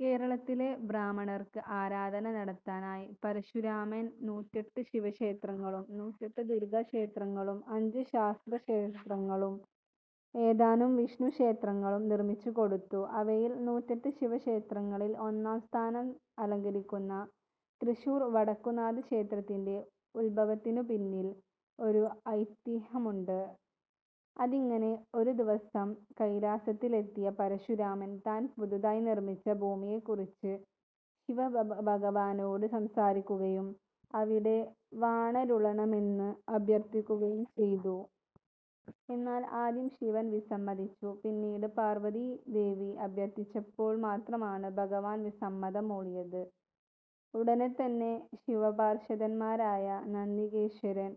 കേരളത്തിലെ ബ്രാഹ്മണർക്ക് ആരാധന നടത്താനായി പരശുരാമൻ നൂറ്റെട്ട് ശിവക്ഷേത്രങ്ങളും നൂറ്റെട്ട് ദുർഗ്ഗക്ഷേത്രങ്ങളും അഞ്ച് ശാസ്താക്ഷേത്രങ്ങളും ഏതാനും വിഷ്ണുക്ഷേത്രങ്ങളും നിർമ്മിച്ചുകൊടുത്തു. അവയിൽ നൂറ്റെട്ട് ശിവക്ഷേത്രങ്ങളിൽ ഒന്നാം സ്ഥാനം അലങ്കരിയ്ക്കുന്ന തൃശ്ശൂർ വടക്കുംനാഥക്ഷേത്രത്തിന്റെ ഉത്ഭവത്തിനുപിന്നിൽ ഒരു ഐതിഹ്യമുണ്ട്. അതിങ്ങനെ: ഒരുദിവസം കൈലാസത്തിലെത്തിയ പരശുരാമൻ താൻ പുതുതായി നിർമ്മിച്ച ഭൂമിയെക്കുറിച്ച് ശിവഭഗവാനോട് സംസാരിയ്ക്കുകയും അവിടെ വാണരുളണമെന്ന് അഭ്യർത്ഥിയ്ക്കുകയും ചെയ്തു. എന്നാൽ ആദ്യം ശിവൻ വിസമ്മതിച്ചു. പിന്നീട് പാർവ്വതീദേവി അഭ്യർത്ഥിച്ചപ്പോൾ മാത്രമാണ് ഭഗവാൻ വിസമ്മതം മൂളിയത്. ഉടനെത്തന്നെ ശിവപാർഷദന്മാരായ നന്തികേശ്വരൻ,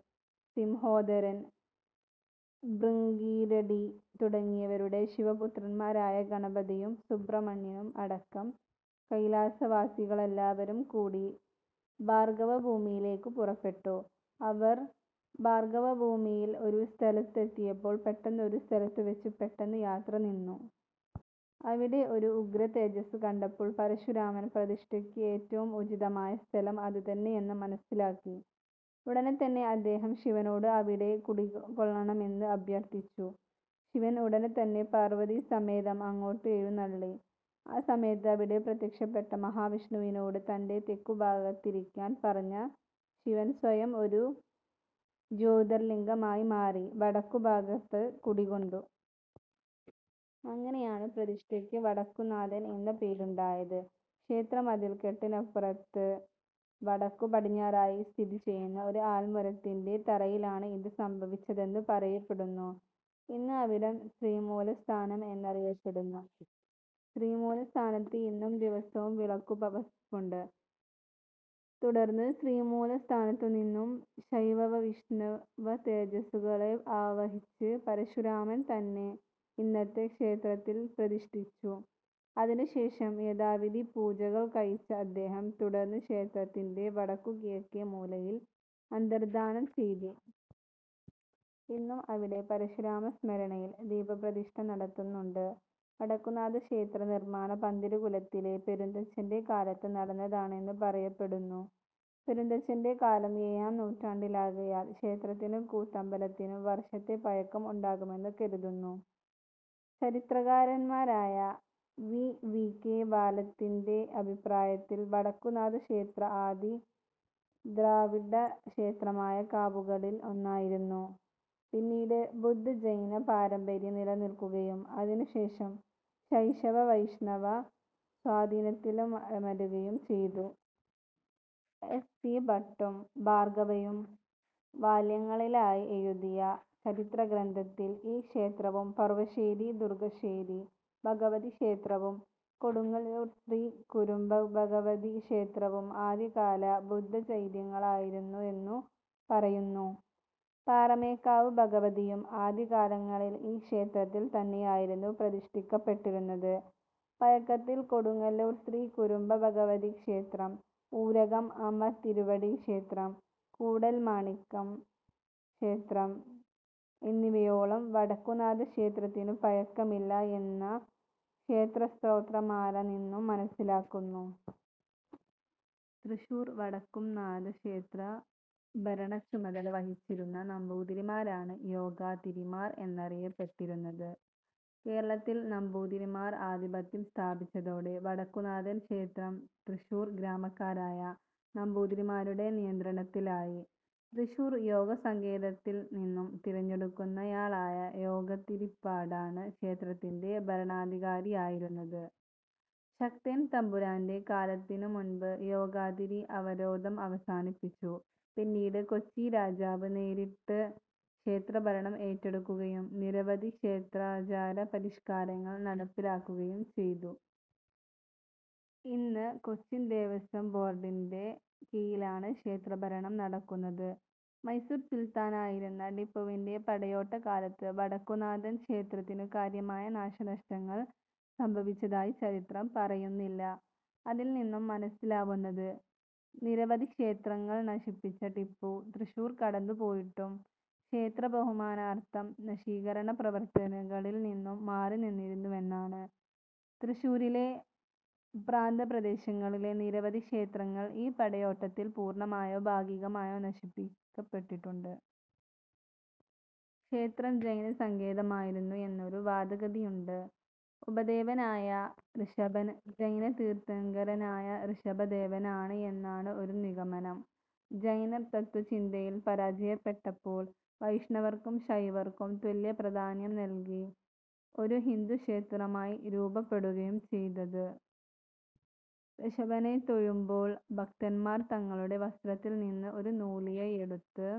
സിംഹോദരൻ, ഭൃംഗീരടി തുടങ്ങിയവരുടെ ശിവപുത്രന്മാരായ ഗണപതിയും സുബ്രഹ്മണ്യനും അടക്കം കൈലാസവാസികളെല്ലാവരും കൂടി ഭാർഗ്ഗവഭൂമിയിലേയ്ക്ക് പുറപ്പെട്ടു. അവർ ഭാർഗ്ഗവഭൂമിയിൽ ഒരു സ്ഥലത്തെത്തിയപ്പോൾ പെട്ടെന്നൊരു സ്ഥലത്തുവച്ച് പെട്ടെന്ന് യാത്ര നിന്നു. അവിടെ ഒരു ഉഗ്രതേജസ്സ് കണ്ടപ്പോൾ പരശുരാമൻ പ്രതിഷ്ഠയ്ക്ക് ഏറ്റവും ഉചിതമായ സ്ഥലം അതുതന്നെയെന്ന് മനസ്സിലാക്കി. ഉടനെത്തന്നെ അദ്ദേഹം ശിവനോട് അവിടെ കുടികൊള്ളണമെന്ന് അഭ്യർത്ഥിച്ചു. ശിവൻ ഉടനെത്തന്നെ പാർവ്വതീസമേതം അങ്ങോട്ട് എഴുന്നള്ളി. ആ സമയത്ത് അവിടെ പ്രത്യക്ഷപ്പെട്ട മഹാവിഷ്ണുവിനോട് തന്റെ തെക്കുഭാഗത്തിരിയ്ക്കാൻ പറഞ്ഞ ശിവൻ സ്വയം ഒരു ജ്യോതിർലിംഗമായി മാറി വടക്കുഭാഗത്ത് കുടികൊണ്ടു. അങ്ങനെയാണ് പ്രതിഷ്ഠയ്ക്ക് വടക്കുംനാഥൻ എന്ന പേരുണ്ടായത്. ക്ഷേത്രമതിൽക്കെട്ടിനുപുറത്ത് വടക്കുപടിഞ്ഞാറായി സ്ഥിതിചെയ്യുന്ന ഒരു ആൽമരത്തിന്റെ തറയിലാണ് ഇത് സംഭവിച്ചതെന്ന് പറയപ്പെടുന്നു. ഇന്ന് അവിടം ശ്രീമൂലസ്ഥാനം എന്നറിയപ്പെടുന്നു. ശ്രീമൂലസ്ഥാനത്ത് ഇന്നും ദിവസവും വിളക്കു ഭവപുണ്ട്. തുടർന്ന് ശ്രീമൂലസ്ഥാനത്തുനിന്നും ശൈവവൈഷ്ണവ വതേജസ്സുകളെ ആവഹിച്ച് പരശുരാമൻ തന്നെ ഇന്നത്തെ ക്ഷേത്രത്തിൽ പ്രതിഷ്ഠിച്ചു. അതിനുശേഷം യഥാവിധി പൂജകൾ കഴിച്ച അദ്ദേഹം തുടർന്ന് ക്ഷേത്രത്തിന്റെ വടക്കുകിഴക്കേമൂലയിൽ അന്തർദ്ധാനം ചെയ്തു. ഇന്നും അവിടെ പരശുരാമസ്മരണയിൽ ദീപപ്രതിഷ്ഠ നടത്തുന്നുണ്ട്. വടക്കുംനാഥക്ഷേത്ര നിർമ്മാണം പന്തിരുകുലത്തിലെ പെരുന്തച്ചൻ്റെ കാലത്ത് നടന്നതാണെന്ന് പറയപ്പെടുന്നു. പെരുന്തച്ചൻ്റെ കാലം ഏഴാം നൂറ്റാണ്ടിലാകയാൽ ക്ഷേത്രത്തിനും കൂത്തമ്പലത്തിനും വർഷത്തെ പഴക്കം ഉണ്ടാകുമെന്ന് കരുതുന്നു.. ചരിത്രകാരന്മാരായ വി. വി. കെ. വാലത്തിന്റെ അഭിപ്രായത്തിൽ വടക്കുംനാഥക്ഷേത്രം ആദിദ്രാവിഡക്ഷേത്രമായ കാവുകളിൽ ഒന്നായിരുന്നു. പിന്നീട് ബുദ്ധ-ജൈന പാരമ്പര്യം നിലനിൽക്കുകയും അതിനുശേഷം ശൈവ-വൈഷ്ണവ സ്വാധീനത്തിലമരുകയും ചെയ്തു. എസ്. സി. ഭട്ടും ബാർഗവയും വാല്യങ്ങളിലായി എഴുതിയ ചരിത്രഗ്രന്ഥത്തിൽ ഈ ക്ഷേത്രവും പറുവശ്ശേരി ദുർഗ്ഗശ്ശേരി ഭഗവതി ക്ഷേത്രവും കൊടുങ്ങല്ലൂർ ശ്രീ കുരുംബഭഗവതി ക്ഷേത്രവും ആദ്യകാല ബുദ്ധചൈത്യങ്ങളായിരുന്നു എന്നു പറയുന്നു. പാറമേക്കാവ് ഭഗവതിയും ആദ്യകാലങ്ങളിൽ ഈ ക്ഷേത്രത്തിൽ തന്നെയായിരുന്നു പ്രതിഷ്ഠിക്കപ്പെട്ടിരുന്നത്. പഴക്കത്തിൽ കൊടുങ്ങല്ലൂർ ശ്രീ കുരുംബഭഗവതി ക്ഷേത്രം, ഊരകം അമ്മത്തിരുവടി ക്ഷേത്രം, കൂടൽമാണികം ക്ഷേത്രം എന്നിവയോളം വടക്കുംനാഥക്ഷേത്രത്തിനു പഴക്കമില്ല എന്ന ക്ഷേത്രസ്തോത്രമാല നിന്നും മനസ്സിലാകുന്നു. തൃശ്ശുർ വടക്കുംനാഥക്ഷേത്ര ഭരണച്ചുമതല വഹിച്ചിരുന്ന നമ്പൂതിരിമാരാണ് യോഗാതിരിമാർ എന്നറിയപ്പെട്ടിരുന്നത്. കേരളത്തിൽ നമ്പൂതിരിമാർ ആധിപത്യം സ്ഥാപിച്ചതോടെ വടക്കുംനാഥൻ ക്ഷേത്രം തൃശ്ശൂർ ഗ്രാമക്കാരായ നമ്പൂതിരിമാരുടെ നിയന്ത്രണത്തിലായി. തൃശ്ശൂർ യോഗസങ്കേതത്തിൽനിന്നും തിരഞ്ഞെടുക്കുന്നയാളായ യോഗതിരിപ്പാടാണ് ക്ഷേത്രത്തിൻ്റെ ഭരണാധികാരിയായിരുന്നത്. ശക്തൻ തമ്പുരാന്റെ കാലത്തിനു മുൻപ് യോഗാതിരി അവരോധം അവസാനിപ്പിച്ചു. പിന്നീട് കൊച്ചിരാജാവ് നേരിട്ട് ക്ഷേത്രഭരണം ഏറ്റെടുക്കുകയും നിരവധി ക്ഷേത്രാചാര പരിഷ്കാരങ്ങൾ നടപ്പിലാക്കുകയും ചെയ്തു. ഇന്ന് കൊച്ചിൻ ദേവസ്വം ബോർഡിൻ്റെ കീഴിലാണ് ക്ഷേത്രഭരണം നടക്കുന്നത്. മൈസൂർ സുൽത്താനായിരുന്ന ടിപ്പുവിന്റെ പടയോട്ടകാലത്ത് വടക്കുംനാഥൻ ക്ഷേത്രത്തിനു കാര്യമായ നാശനഷ്ടങ്ങൾ സംഭവിച്ചതായി ചരിത്രം പറയുന്നില്ല. അതിൽ നിന്നും മനസ്സിലാവുന്നത് നിരവധിക്ഷേത്രങ്ങൾ നശിപ്പിച്ച ടിപ്പു, തൃശ്ശൂർ കടന്നു പോയിട്ടും ക്ഷേത്രേശബഹുമാനാർത്ഥം നശീകരണ പ്രവൃത്തനകളിൽ നിന്നും മാറിനിന്നിരുന്നുവെന്നാണ്. തൃശ്ശൂരിലെ പ്രാന്തപ്രദേശങ്ങളിലെ നിരവധി ക്ഷേത്രങ്ങൾ ഈ പടയോട്ടത്തിൽ പൂർണ്ണമായോ ഭാഗികമായോ നശിപ്പിയ്ക്കപ്പെട്ടിട്ടുണ്ട്. ക്ഷേത്രം ജൈനസങ്കേതമായിരുന്നു എന്നൊരു വാദഗതിയുണ്ട്. ഉപദേവനായ ഋഷഭൻ ജൈന തീർത്ഥങ്കരനായ ഋഷഭദേവനാണ് എന്നാണ് ഒരു നിഗമനം. ജൈനർ തത്ത്വചിന്തയിൽ പരാജയപ്പെട്ടപ്പോൾ വൈഷ്ണവർക്കും ശൈവർക്കും തുല്യ പ്രധാന്യം നൽകി ഒരു ഹിന്ദുക്ഷേത്രമായി രൂപപ്പെടുകയും ചെയ്തത്. ഋഷഭനെ തൊഴുമ്പോൾ ഭക്തന്മാർ തങ്ങളുടെ വസ്ത്രത്തിൽ നിന്നും ഒരു നൂലിഴ എടുത്ത്